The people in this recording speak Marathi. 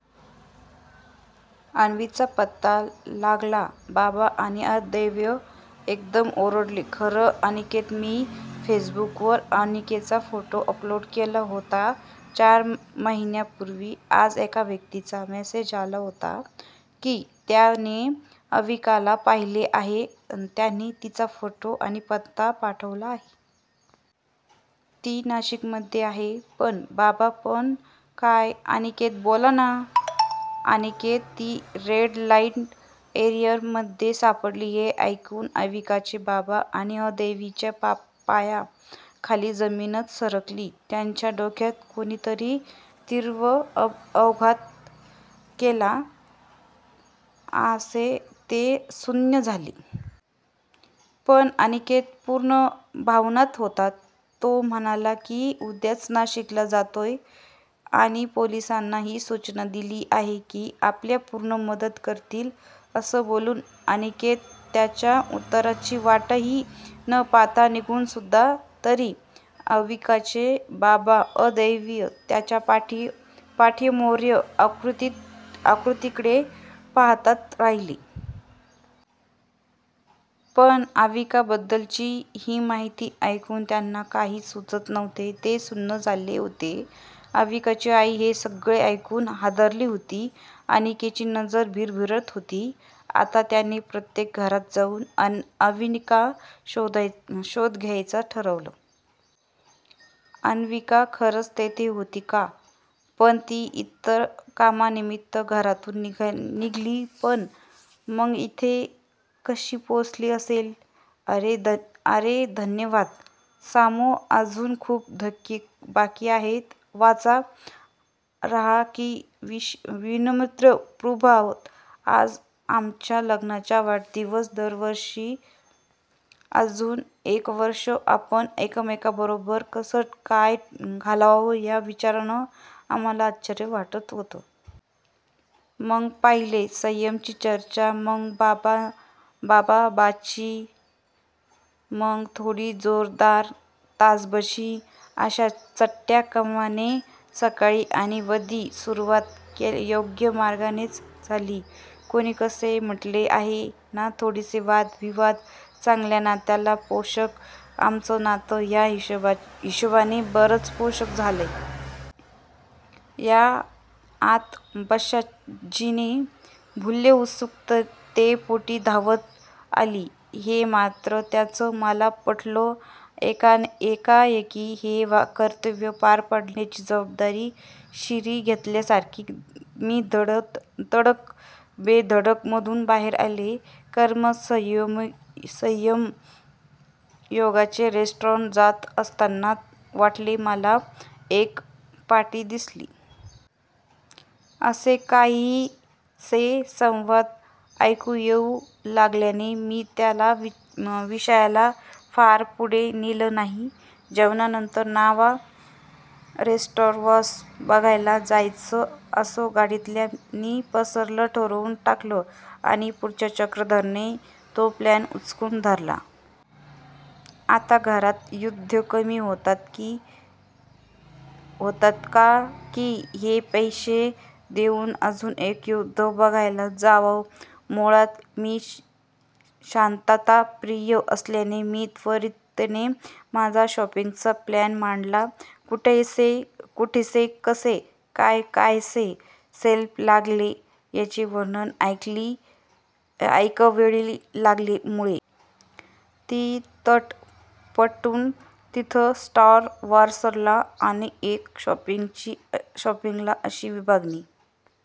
अन्विकचा पत्ता लागला "बाबा आणि अव्दैत एकदम ओरडले, "खरंच "अनिकेत," मी फेसबुकवर अवीकाचा फोटो अपलोड केला होता चार महिन्या पूर्वी, आज एका व्यक्तीचा मेसेज आला होता की त्याने अवीकाला पाहिले आहे त्याने तिचा फोटो आणि पत्ता पण पाठवला आहे. ती नाशिक मध्येच आहे पण" बाबा, " पण काय? अनिकेत बोल ना! "अनिकेत, " ती रेड लाईट एरिआ मध्ये सापडलीय. "हे ऐकून अन्विकाचे बाबा आणि अव्दैतच्या पाया खालील जमीनच सरकली. त्यांच्या डोक्यात कोणी तरी तीव्र आघात केलाय असे ते सुन्न झाले. पण अनिकेत पूर्ण भानात होता. तो म्हणाला मी उद्याच नाशिकला जातोय आणि पोलीसांना ही सूचना दिली आहे ते आपल्याला पूर्ण मदत करतील. अस बोलून अनिकेत त्यांच्या उत्तराची वाटही न पाहता निघला सुद्धा. तरी अन्विकाचे बाबा व अव्दैत त्याच्या पाठमोर्या आकृतीकडे पाहताच राहिली. पण अन्विका बद्दलची ही माहिती ऐकून त्यांना काही सूचत नव्हते. ते सुन्न झाले होते. अन्विकाची आई हे सगळे ऐकून हादरली होती. अनिकेतची नजर भिरभिरत होती. आता त्याने प्रत्येक घरात जाऊन अन्विकाचा शोध घ्यायचं ठरवलं. अन्विका खरच तेथे होती का? पण ती तर कामानिमित्त घरातून निघाली पण मग इथे कशी पोहचली असेल? रे! धन्यवाद सामो, अजून खूप धक्के बाकी आहेत वाचत रहा ही विनंतीपुभाप्र! आज आमच्या लग्नाचा वाढदिवस! दरवर्षीच अजून एक वर्ष आपण एकमेकांबरोबर कसं काय घालवलं ह्या विचारानी आम्हालाच आश्चर्य वाटतं. मग पहिले संयत चर्चा, मग बाचा-बाची, मग थोडी जोरदार आतषबाजी अश्या चढ्या क्रमाने सकाळ आणि वदि ची सुरुवात योग्य मार्गानेच झाली. कोणीसेसे म्हटलेच आहे ना थोडेसे वाद-विवाद चांगल्या नात्याला पोषकच! आमचं नातं त्या हिशोबाने बरंच पोषक झालंय. या आतषबाजीने मुलं उत्सुकतेपोटी धावत आली. हे मात्र त्यांचं मला पटलंच. एकाएकी हे कर्तव्या पार पाडण्याची जबाबदारी शिरी घेतल्यासारखी मी तडक बेडमधून बाहेर आले. कर्म-धर्मसंयोगाने रेस्टॉरंटला जात असताना वाटेत त्याला एक पाटी दिसली -!,''" असे काहीसे संवाद ऐकू येऊ लागल्याने मी त्या विषयाला फार पुढे नेलं नाही. जेवणानंतर नवा स्टार-वॉर्स बघायला जायचं असं गाडीतल्या नी परस्पर ठरवून टाकलं आणि पुढच्या चक्रधरानेही तो प्लॅन उचलून धरला. आता घरात युद्ध कमी होतात का की हे पैसे देऊन अजून एक युद्ध बघायला जावं? मूळात मी शांतताप्रिय असल्याने मी तत्परतेने माझा शॉपिंगचा प्लॅन मांडला. कुठेसेसे काय-कायसे सेल्स लागलेत याची वर्णनं ऐकवली. त्यामुळे अशी तट पडून तिघं स्टार-वॉर्सला आणि एक शॉपिंगला अशी विभागणी